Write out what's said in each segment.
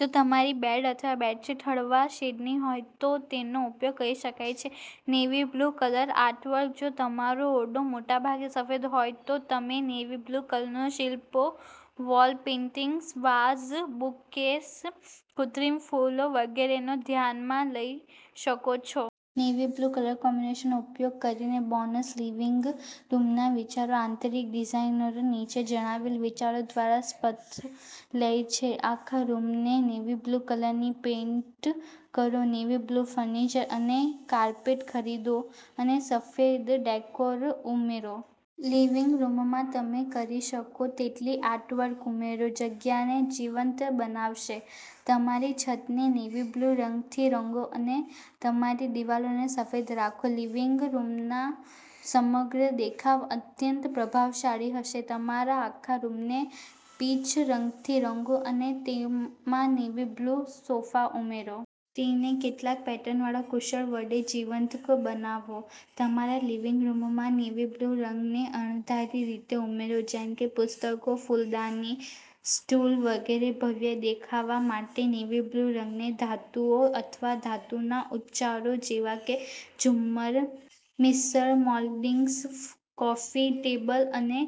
જો તમારી બેડ અથવા બેડશીટ હળવા શેડની હોય તો તેનો ઉપયોગ કરી શકાય છે. નેવી-બ્લુ કલર આર્ટવર્ક જો તમારો ઓરડો મોટાભાગે સફેદ હોય, તો તમે નેવી-બ્લુ કલરનાં શિલ્પો, વોલ પેઈન્ટિંગ્સ, વાઝ, બુકકેસ, કૃત્રિમ ફૂલો વગેરેને ધ્યાનમાં લઈ શકો છો. નેવી-બ્લુ કલર કોમ્બિનેશનનો ઉપયોગ કરીને બોનસ લિવિંગ રૂમના વિચારો આંતરિક ડિઝાઇનરો નીચે જણાવેલ વિચારો દ્વારા શપથ લેય છે. આખા રૂમને નેવી-બ્લુ કલરથી પેઈન્ટ કરો, નેવી-બ્લુ ફર્નિચર અને કાર્પેટ ખરીદો અને સફેદ ડેકોર ઉમેરો. લિવિંગ રૂમમાં તમે કરી શકો તેટલી આર્ટવર્ક ઉમેરો. જગ્યાને જીવંત બનાવશે. તમારી છતને નેવી-બ્લુ રંગથી રંગો અને તમારી દિવાલોને સફેદ રાખો. લિવિંગ રૂમના સમગ્ર દેખાવ અત્યંત પ્રભાવશાળી હશે. તમારા આખા રૂમને પીચ રંગથી રંગો અને તેમાં નેવી-બ્લુ સોફા ઉમેરો. તેને કેટલાક પેટર્નવાળા કુશન વડે જીવંત બનાવો. તમારા લિવિંગ રૂમમાં નેવી-બ્લુ રંગને અણધારી રીતે ઉમેરો, જેમ કે પુસ્તકો, ફૂલદાની, સ્ટૂલ વગેરે. ભવ્ય દેખાવ માટે, નેવી-બ્લુ રંગને ધાતુઓ અથવા ધાતુના ઉચ્ચારો જેવા કે ઝુમ્મર, મિરર્સ, મોલ્ડિંગ્સ, કોફી ટેબલ અને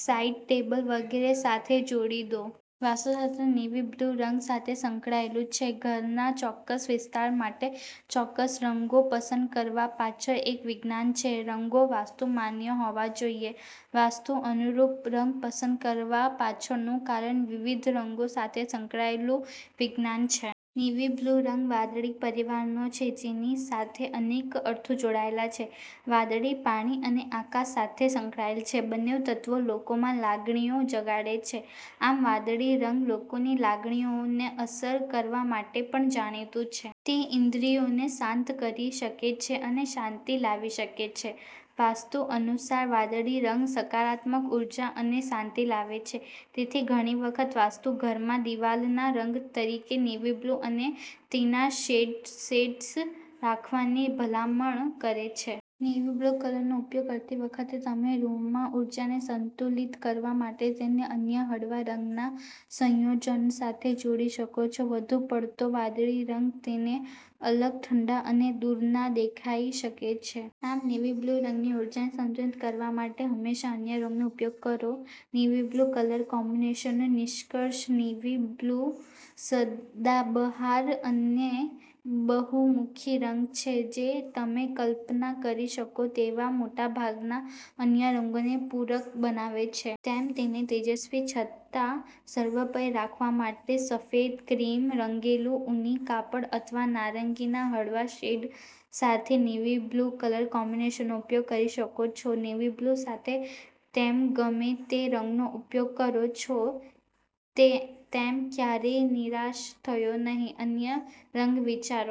સાઇડ ટેબલ વગેરે સાથે જોડી દો. વાસ્તુશાસ્ત્ર નેવી બ્લુ રંગ સાથે સંકળાયેલું છે ઘરના ચોક્કસ વિસ્તાર માટે ચોક્કસ રંગો પસંદ કરવા પાછળ એક વિજ્ઞાન છે. રંગો વાસ્તુ માન્ય હોવા જોઈએ. વાસ્તુ અનુરૂપ રંગ પસંદ કરવા પાછળનું કારણ વિવિધ રંગો સાથે સંકળાયેલું વિજ્ઞાન છે. નેવી બ્લુ રંગ વાદળી પરિવારનો છે, જેની સાથે અનેક અર્થો જોડાયેલા છે. વાદળી પાણી અને આકાશ સાથે સંકળાયેલ છે. બંને તત્વો લોકોમાં લાગણીઓ જગાડે છે. આમ વાદળી રંગ લોકોની લાગણીઓને અસર કરવા માટે પણ જાણીતું છે. તે ઇન્દ્રિયોને શાંત કરી શકે છે અને શાંતિ લાવી શકે છે. વાસ્તુ અનુસાર વાદળી રંગ સકારાત્મક ઉર્જા અને શાંતિ લાવે છે. તેથી ઘણી વખત, વાસ્તુ ઘરમાં દિવાલના રંગ તરીકે નેવી બ્લુ અને તેના શેડ્સ રાખવાની ભલામણ કરે છે. નેવી બ્લુ કલરનો ઉપયોગ કરતી વખતે, તમે રૂમમાં ઊર્જાને સંતુલિત કરવા માટે તેને અન્ય હળવા રંગના સંયોજનો સાથે જોડી શકો છો. વધુ પડતો વાદળી રંગ તેને અલગ, ઠંડા અને દૂરના દેખાઈ શકે છે. આમ નેવી બ્લુ રંગની ઊર્જાને સંતુલિત કરવા માટે હંમેશા અન્ય રંગોનો ઉપયોગ કરો. નેવી બ્લુ કલર કોમ્બિનેશનનો નિષ્કર્ષ નેવી-બ્લુસદાબહાર અને બહુમુખી રંગ છે જે તમે કલ્પના કરી શકો તેવા મોટાભાગના અન્ય રંગોને પૂરક બનાવે છે. તમે તેને તેજસ્વી છતાં સર્વોપરી રાખવા માટે સફેદ, ક્રીમ, રંગેલું ઊની કાપડ અથવા નારંગીના હળવા શેડ્સ સાથે નેવી-બ્લુ કલર કોમ્બિનેશનનો ઉપયોગ કરી શકો છો. નેવી-બ્લુ સાથે તેમ ગમે તે રંગનો ઉપયોગ કરો છો, તે તેમ ક્યારેય નિરાશ થશો નહીં. અન્ય રંગ વિચારો.